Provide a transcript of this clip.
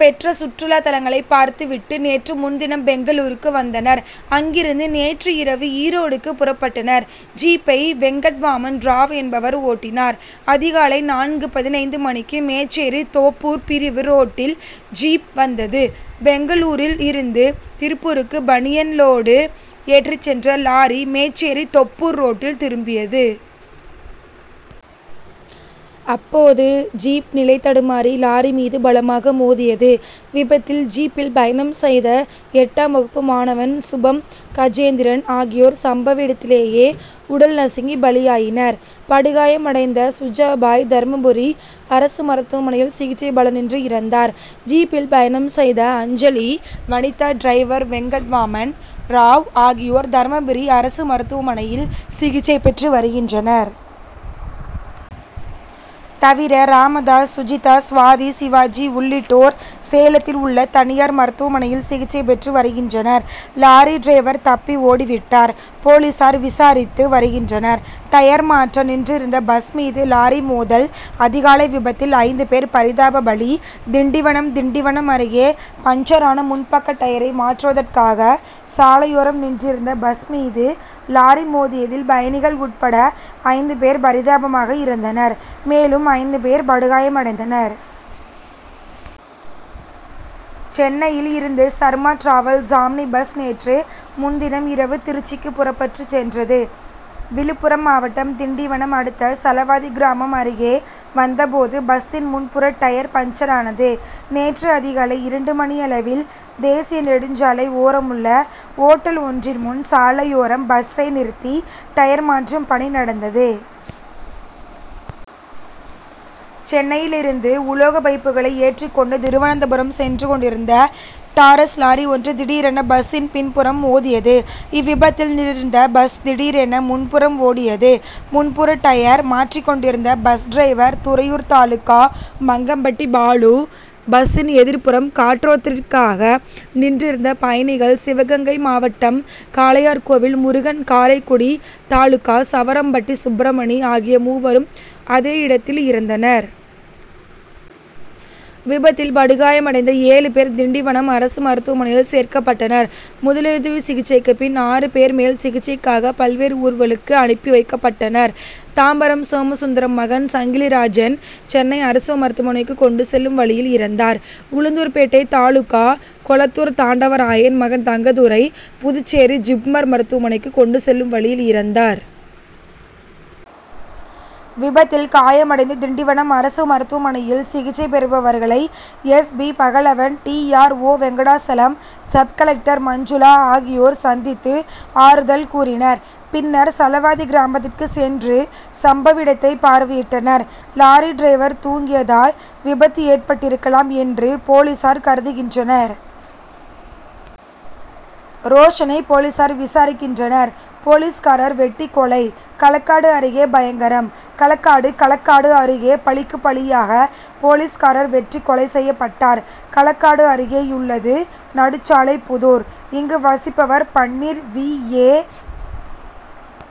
பெற்ற சுற்றுலா தலங்களை பார்த்து விட்டு நேற்று முன்தினம் பெங்களூருக்கு வந்தனர். அங்கிருந்து நேற்று இரவு ஈரோடுக்கு புறப்பட்டனர். ஜீப்பை வெங்கட்வாமன் ராவ் என்பவர் ஓட்டினார். அதிகாலை நான்கு பதினைந்து மணிக்கு மேச்சேரி தோப்பூர் பிரிவு ரோட்டில் ஜீப் வந்தது. பெங்களூரில் இருந்து திருப்பூருக்கு பனியன் லோடு ஏற்றிச் சென்ற லாரி மேச்சேரி- தொப்பூர் ரோட்டில் திரும்பியது. அப்போது ஜீப் நிலை தடுமாறி லாரி மீது பலமாக மோதியது. விபத்தில் ஜீப்பில் பயணம் செய்த எட்டாம் வகுப்பு மாணவன் சுபம் கஜேந்திரன் ஆகியோர் சம்பவ இடத்திலேயே உடல் நசுங்கி பலியாயினர். படுகாயம் அடைந்த சுஜாபாய் தர்மபுரி அரசு மருத்துவமனையில் சிகிச்சை பலனின்றி இறந்தார். ஜீப்பில் பயணம் செய்த அஞ்சலி வனிதா டிரைவர் வெங்கட்வாமன் ராவ் ஆகியோர் தர்மபுரி அரசு மருத்துவமனையில் சிகிச்சை பெற்று வருகின்றனர். தவிர ராமதாஸ் சுஜிதா சுவாதி சிவாஜி உள்ளிட்டோர் சேலத்தில் உள்ள தனியார் மருத்துவமனையில் சிகிச்சை பெற்று வருகின்றனர். லாரி டிரைவர் தப்பி ஓடி விட்டார். போலீசார் விசாரித்து வருகின்றனர். டயர் மாற்ற நின்றிருந்த பஸ் மீது லாரி மோதல் அதிகாலை விபத்தில் ஐந்து பேர் பரிதாப பலி திண்டிவனம் திண்டிவனம் அருகே பஞ்சரான முன்பக்க டயரை மாற்றுவதற்காக சாலையோரம் நின்றிருந்த பஸ் மீது லாரி மோதியதில் பயணிகள் உட்பட ஐந்து பேர் பரிதாபமாக இறந்தனர் மேலும் ஐந்து பேர் படுகாயமடைந்தனர். சென்னையில் இருந்து சர்மா டிராவல்ஸ் ஆம்னி பஸ் நேற்று முன்தினம் இரவு திருச்சிக்கு புறப்பட்டுச் சென்றது. விழுப்புரம் மாவட்டம் திண்டிவனம் அடுத்த சலவாதி கிராமம் அருகே வந்த போது பஸ்சின் முன்புற டயர் பஞ்சரானது. நேற்று அதிகாலை இரண்டு மணியளவில் தேசிய நெடுஞ்சாலை ஓரமுள்ள ஓட்டல் ஒன்றின் முன் சாலையோரம் பஸ்சை நிறுத்தி டயர் மாற்றும் பணி நடந்தது. சென்னையில் இருந்து உலோக பைப்புகளை ஏற்றிக்கொண்டு திருவனந்தபுரம் சென்று கொண்டிருந்த டாரஸ் லாரி ஒன்று திடீரென பஸ்சின் பின்புறம் மோதியது. இவ்விபத்தில் நின்றிருந்த பஸ் திடீரென முன்புறம் ஓடியது. முன்புற டயர் மாற்றிக் கொண்டிருந்த பஸ் டிரைவர் துறையூர் தாலுகா மங்கப்பட்டி பாலு பஸ்சின் எதிர்புறம் காற்றோட்டத்திற்காக நின்றிருந்த பயணிகள் சிவகங்கை மாவட்டம் காளையார் கோவில் முருகன் காரைக்குடி தாலுகா சவரம்பட்டி சுப்ரமணி ஆகிய மூவரும் அதே இடத்தில் இறந்தனர். விபத்தில் படுகாயமடைந்த ஏழு பேர் திண்டிவனம் அரசு மருத்துவமனையில் சேர்க்கப்பட்டனர். முதலுதவி சிகிச்சைக்கு பின் ஆறு பேர் மேல் சிகிச்சைக்காக பல்வேறு ஊர்களுக்கு அனுப்பி வைக்கப்பட்டனர். தாம்பரம் சோமசுந்தரம் மகன் சங்கிலிராஜன் சென்னை அரசு மருத்துவமனைக்கு கொண்டு செல்லும் வழியில் இறந்தார். உளுந்தூர்பேட்டை தாலுகா கொளத்தூர் தாண்டவராயன் மகன் தங்கதுரை புதுச்சேரி ஜிப்மர் மருத்துவமனைக்கு கொண்டு செல்லும் வழியில் இறந்தார். விபத்தில் காயமடைந்து திண்டிவனம் அரசு மருத்துவமனையில் சிகிச்சை பெறுபவர்களை S. P. Pagalavan D. R. O. Venkatachalam sub collector Manjula ஆகியோர் சந்தித்து ஆறுதல் கூறினர். பின்னர் சலவாதி கிராமத்திற்கு சென்று சம்பவ இடத்தை பார்வையிட்டனர். லாரி டிரைவர் தூங்கியதால் விபத்து ஏற்பட்டிருக்கலாம் என்று போலீசார் கருதுகின்றனர். ரோஷணை போலீசார் விசாரிக்கின்றனர். போலீஸ்காரர் வெட்டிக் கொலை களக்காடு அருகே பயங்கரம் களக்காடு களக்காடு அருகே பழிக்கு பழியாக போலீஸ்காரர் வெட்டிக் கொலை செய்யப்பட்டார். களக்காடு அருகேயுள்ளது நடுச்சாலைப்புதூர். இங்கு வசிப்பவர் பன்னீர். வி. ஏ.